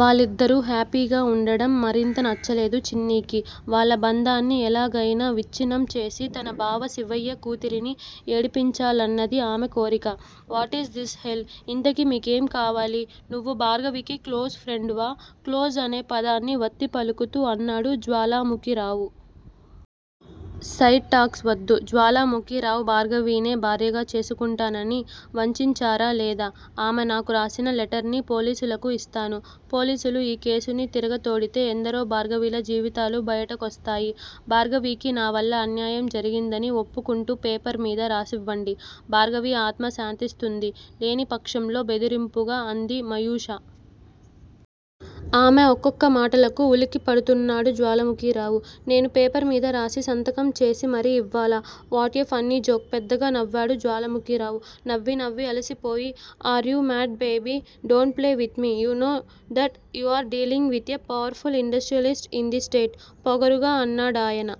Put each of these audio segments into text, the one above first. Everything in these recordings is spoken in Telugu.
వాళ్ళిద్దరూ హ్యాపీగా వుండడం మరింత నచ్చలేదు చిన్నికి. వాళ్ళ బంధాన్ని ఎలాగయినా విచ్చిన్నం చేసి తన బావ శివయ్య కూతురిని ఏడిపించాలన్నది ఆమె కోరిక. వాటీజ్ దిస్ హెల్ ఇంతకీ మీకేం కావాలి నువ్వు భార్గవికి క్లోజ్ ఫ్రెండ్ వా? క్లోజ్ అనే పదాన్ని వత్తి పలుకుతూ అన్నాడు జ్వాలాముఖిరావు. సైడ్ టాక్స్ వద్దు జ్వాలాముఖిరావ్భా ర్గవినే భార్యగా చేసుకుంటానని వంచించారా లేదా? ఆమె నాకు రాసిన లెటర్ ని పోలీసులకు ఇస్తాను. పోలీసులు ఈ కేసుని తిరగతోడితే ఎందరో భార్గవిల జీవితాలు బయటకొస్తాయి. భార్గవికి నావల్ల అన్యాయం జరిగిందని వప్పుకుంటూ పేపర్ మీద రాసివ్వండి. భార్గవి ఆత్మ శాంతిస్తుంది లేనిపక్షంలో బెదిరింపుగా అంది మయూష. ఆమె ఒక్కొక్క మాటలకు వులిక్కిపడుతున్నాడు జ్వాలాముఖిరావు. నేను పేపర్ మీద రాసి సంతకం చేసి మరీ ఇవ్వాలా వాట్ ఏ ఫన్నీ జోక్ పెద్దగా నవ్వాడు జ్వాలాముఖిరావు. నవ్వి, నవ్వి అలిసిపోయి are you mad baby don't play with me you know that you are dealing with a powerful industrialists in the state పొగరుగా అన్నాడాయన.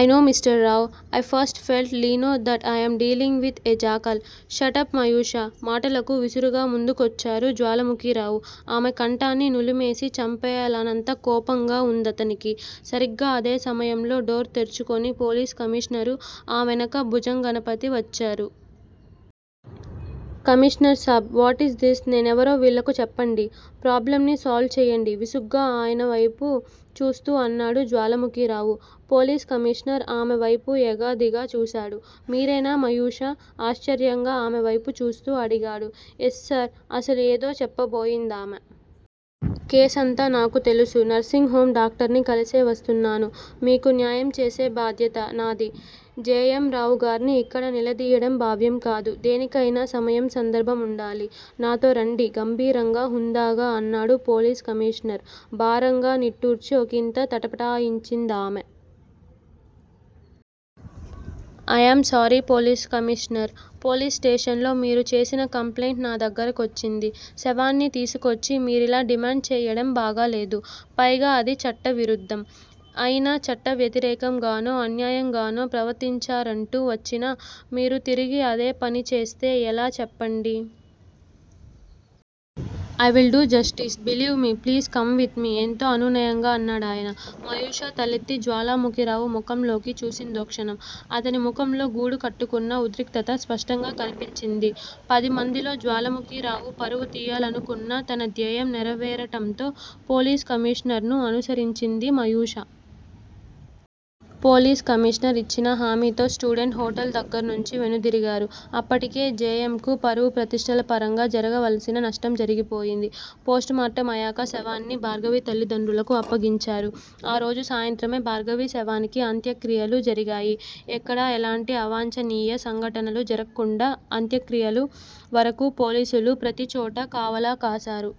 I know mister Rao! I perfectly know that I'm dealing with a jackal ష ట ప్ మయూష మాటకు విసురుగా ముందుకొచ్చారు జ్వాలాముఖిరావు. ఆమె కంఠాన్ని నులిమేసి చంపెయ్యాలన్నంత కోపంగా ఉందతనికి. సరిగ్గా అదే సమయంలో డోర్ తెరుచుకుని పోలీసు కమీషనరు, ఆ వెనుక భుజంగపతి వచ్చారు. కమీషనర్ సాబ్ వాటీజ్ దిస్ నేనెవరో వీళ్ళకు చెప్పండి. ప్రాబ్లమ్ ని సాల్వ్ చేయండి విసుగ్గా ఆయన వేపు చూస్తూ అన్నాడు జ్వాలాముఖిరావు. పోలీస్ కమీషనర్ ఆమె వేపు ఎగాదిగా చూశాడు. మీరేనా మయూష? ఆశ్చర్యంగా ఆమె వేపు చూస్తూ అడిగాడు. Yes sir. అసలు ఏదో చెప్పబోయిందామె. కేసంతా నాకు తెలుసు నర్సింగ్ హోమ్ డాక్టర్ని కలిసే వస్తున్నాను. మీకు న్యాయం చేసే బాధ్యత నాది జె. ఎం. రావుగార్ని యిక్కడ నిలదీయడం భావ్యం కాదు. దేనికయినా సమయం, సందర్భముండాలి. నాతో రండి గంభీరంగా, హుందాగా అన్నాడు పోలీస్ కమీషనర్. భారంగా నిట్టూర్చి ఒకింత తటపటాయించిందామె. I am sorry police commissioner. Police station లో మీరు చేసిన కంప్లయింట్ నా దగ్గిర కొచ్చింది. శవాన్ని తీసుకొచ్చి మీరిలా డిమాండ్ చేయడం బాగాలేదు. పైగా అది చట్ట విరుద్దం. ఈయన చట్ట వ్యతిరేకం గానో, అన్యాయంగానో ప్రవర్తించారంటూ వచ్చిన మీరు తిరిగి అదే పనిచేస్తే ఎలా చెప్పండి? I will do justice, believe me please come with me ఎంతో అనునయంగా అన్నాడాయన. మయూష తలెత్తి జ్వాలాముఖిరావు ముఖంలోకి చూసిందోక్షణం. అతని మొహంలో గూడుకట్టుకున్న ఉద్రిక్తత స్పష్టంగా కనిపించింది. పదిమందిలో జ్వాలాముఖిరావు పరువు తీయాలనుకున్న తన ద్యేయం నెరవేరటంతో, పోలీస్ కమీకమీర్నర్ ను అనుసరించింది మయూష. పోలీస్ కమీషనర్ ఇచ్చిన హామీతో స్టూడెంట్స్ హోటల్ దగ్గిర నుంచి వెనుదిరిగారు. అప్పటికే జె. యమ్ కు పరువు ప్రతిష్టల పరంగా జరగవలసిన నష్టం జరిగిపోయింది. పోస్టుమార్టమ్ అయ్యాక శవాన్ని భార్గవి తల్లిదండ్రులకు అప్పగించారు. ఆ రోజు సాయంత్రమే భార్గవి శవానికి అంత్యక్రియలు జరిగాయి. ఎక్కడా ఎలాంటి అవాంఛనీయ సంఘటనలు జరక్కుండా అంత్యక్రియల వరకూ పోలీసులు ప్రతీచోటా కావలా కాసారు.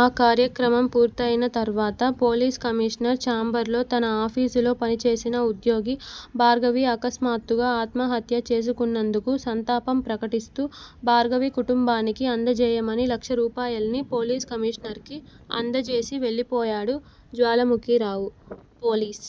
ఆ కార్యక్రమం పూర్తయిన తర్వాత- పోలీస్ కమీషనర్ చాంబర్ లో తన ఆఫీసులో పని చేసిన ఉద్యోగి భార్గవి అకస్మాత్తుగా ఆత్మహత్యా చేసుకున్నందుకు సంతాపం ప్రకటిస్తూ భార్గవి కుటుంబానికి అందజేయమని లక్షరూపాయల్ని పోలీస్ కమీషనర్ కి అందజేసి వెళ్ళిపోయాడు జ్వాలాముఖిరావు. పోలీస్